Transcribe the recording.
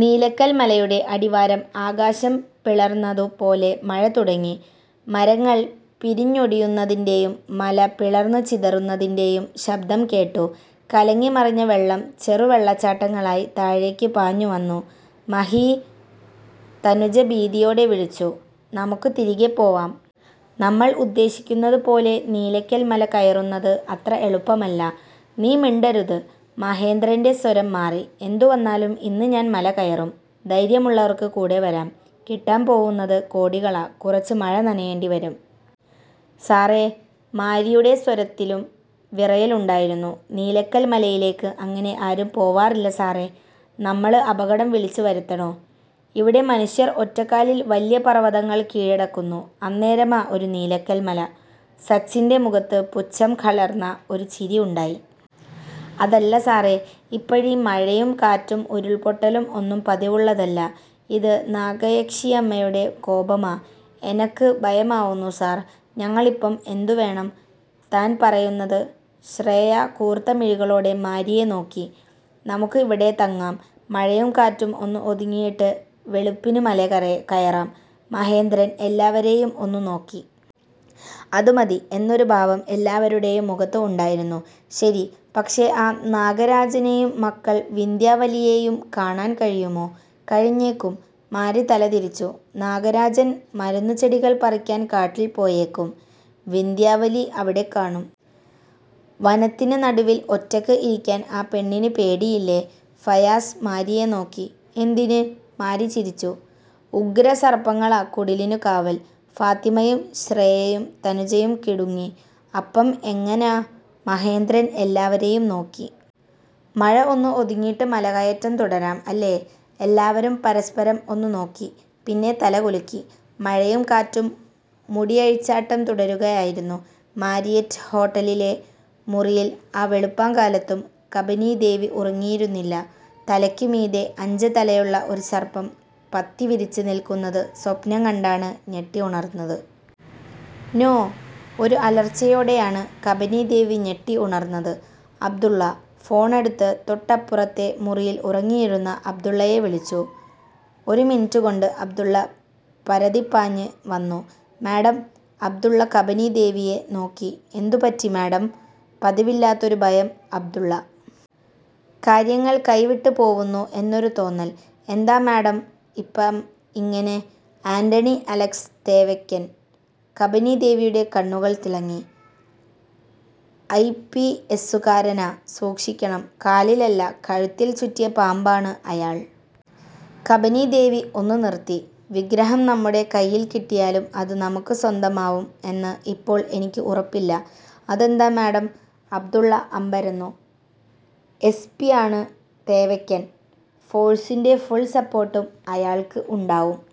നീലക്കൽ മലയുടെ അടിവാരം ആകാശം പിളർന്നതു പോലെ മഴ തുടങ്ങി. മരങ്ങൾ പിരിഞ്ഞൊടിയുന്നതിന്റെയും മല പിളർന്നു ചിതറുന്നതിന്റെയും ശബദം കേട്ടു. കലങ്ങി മറിഞ്ഞ വെള്ളം ചെറു വെള്ളച്ചാട്ടങ്ങളായി താഴേക്ക് പാഞ്ഞു വന്നു. " മഹീ " തനുജ ഭീതിയോടെ വിളിച്ചു. " നമ്മുക്ക് തിരികെ പോവാം. നമ്മൾ ഉദ്ദേശിക്കുന്നതു പോലെ നീലക്കൽ മല കയറുന്നത് അത്ര എളുപ്പമല്ല "" നീ മിണ്ടരുത് " മഹേന്ദ്രന്റെ സ്വരം മാറി. " എന്തു വന്നാലും ഇന്നു ഞാൻ മല കയറും. ധൈര്യമുള്ളവർക്ക് കൂടെ വരാം. കിട്ടാൻ പോവുന്നത് കോടികളാ. കുറച്ച് മഴ നനയേണ്ടി വരും. "" സാറേ " മാരിയുടെ സ്വരത്തിലും വിറയൽ ഉണ്ടായിരുന്നു. '' നീലക്കൽ മലയിലേക്ക് അങ്ങനെ ആരും പോവാറില്ല സാറേ നമ്മള് അപകടം വിളിച്ച് വരുത്തണോ? "" ഇവിടെ മനുഷ്യർ ഒറ്റക്കാലിൽ വല്യ പർവ്വതങ്ങൾ കീഴടക്കുന്നു. അന്നേരമാ ഒരു നീലക്കൽ മല. " സച്ചിന്റെ മുഖത്ത് പുശ്ചം കലർന്ന ഒരു ചിരി ഉണ്ടായി. " അതല്ല സാറേ ഇപ്പഴീ മഴയും കാറ്റും ഉരുൾപൊട്ടലും ഒന്നും പതിവുള്ളതല്ല. ഇത് നാഗയക്ഷിയമ്മയുടെ കോപമാ. എനക്ക് ഭയമാവുന്നു സാർ "" ഞങ്ങളിപ്പം എന്തു വേണം താൻ പറയുന്നത്? " ശ്രേയ കൂർത്ത മിഴികളോടെ മാരിയെ നോക്കി. " നമ്മുക്ക് ഇവിടെ തങ്ങാം. മഴയും കാറ്റും ഒന്ന് ഒതുങ്ങിയിട്ട് വെളുപ്പിന് മല കറ കയറാം " മഹേന്ദ്രൻ എല്ലാവരെയും ഒന്നു നോക്കി. അതു മതി എന്നൊരു ഭാവം എല്ലാവരുടെയും മുഖത്ത് ഉണ്ടായിരുന്നു. " ശരി. പക്ഷേ, ആ നാഗരാജനെയും മക്കൾ വിന്ധ്യാ വലിയെയും കാണാൻ കഴിയുമോ? "" കഴിഞ്ഞേക്കും " മാരി തല തിരിച്ചു " നാഗരാജൻ മരുന്ന് ചെടികൾ പറിക്കാൻ കാട്ടിൽ പോയേക്കും. വിന്ധ്യാവലി അവിടെ കാണും. "" വനത്തിന് നടുവിൽ ഒറ്റയ്ക്ക് ഇരിക്കാൻ ആ പെണ്ണിന് പേടിയില്ലേ? " ഫയാസ് മാരിയെ നോക്കി. " എന്തിന്? " മാരി ചിരിച്ചു. " ഉഗ്രസർപ്പങ്ങളാ കുടിലിനു കാവൽ " ഫാത്തിമയും ശ്രേയയും തനുജയും കിടുങ്ങി. " അപ്പം എങ്ങനാ " മഹേന്ദ്രൻ എല്ലാവരെയും നോക്കി. " മഴ ഒന്ന് ഒതുങ്ങീട്ട് മല കയറ്റം തുടരാം. അല്ലേ? " എല്ലാവരും പരസ്പരം ഒന്നു നോക്കി. പിന്നെ, തല കുലുക്കി. മഴയും കാറ്റും മുടിയഴിച്ചാട്ടം തുടരുക ആയിരുന്നു. മാരിയറ്റ് ഹോട്ടലിലെ മുറിയിൽ ആ വെളുപ്പാൻ കാലത്തും കബനീ ദേവി ഉറങ്ങിയിരുന്നില്ല. തലയ്ക്ക് മീതെ, അഞ്ച് തലയുള്ള ഒരു സർപ്പം പത്തി വിരിച്ച് നിൽക്കുന്നത് സ്വപ്നം കണ്ടാണ് ഞെട്ടി ഉണർന്നത്. " നോ. " ഒരു അലർച്ചയോടെയാണ് കബനീ ദേവി ഞെട്ടി ഉണർന്നത്. " അബ്ദുള്ള " ഫോണെടുത്ത് തൊട്ടപ്പുറത്തെ മുറിയിൽ ഉറങ്ങിയിരുന്ന അബ്ദുള്ളയെ വിളിച്ചു. ഒരു മിനിറ്റ് കൊണ്ട് അബ്ദുള്ള പരതിപ്പാഞ്ഞ് വന്നു. " മാഡം " അബ്ദുള്ള കബനീ ദേവിയെ നോക്കി. " എന്തു പറ്റി മാഡം ''" പതിവില്ലാത്തൊരു ഭയം അബ്ദുള്ള. കാര്യങ്ങൾ കൈവിട്ട് പോവുന്നു എന്നൊരു തോന്നൽ "" എന്താ മാഡം ഇപ്പം ഇങ്ങനെ ''" ആന്റെണി അലക്സ് തേവയ്ക്കൻ " കബനീ ദേവിയുടെ കണ്ണുകൾ തിളങ്ങി. " ഐ. പി. എസ്സുകാരനാ. സൂക്ഷിക്കണം. കാലിൽ അല്ല കഴുത്തിൽ ചുറ്റിയ പാമ്പ് ആണ് അയാൾ. " കബനീ ദേവി ഒന്നു നിർത്തി. " വിഗ്രഹം നമ്മുടെ കൈയിൽ കിട്ടിയാലും അത് നമ്മുക്ക് സ്വന്തമാവും എന്ന് ഇപ്പോൾ എനിക്ക് ഉറപ്പില്ല. "" അതെന്താ മാഡം? " അബ്ദുള്ള അമ്പരന്നു. '' എ. സി. പിയാണ് തേവയ്ക്കൻ. ഫോഴ്സിന്റെ ഫുൾ സപ്പോർട്ടും അയാൾക്ക് ഉണ്ടാവും.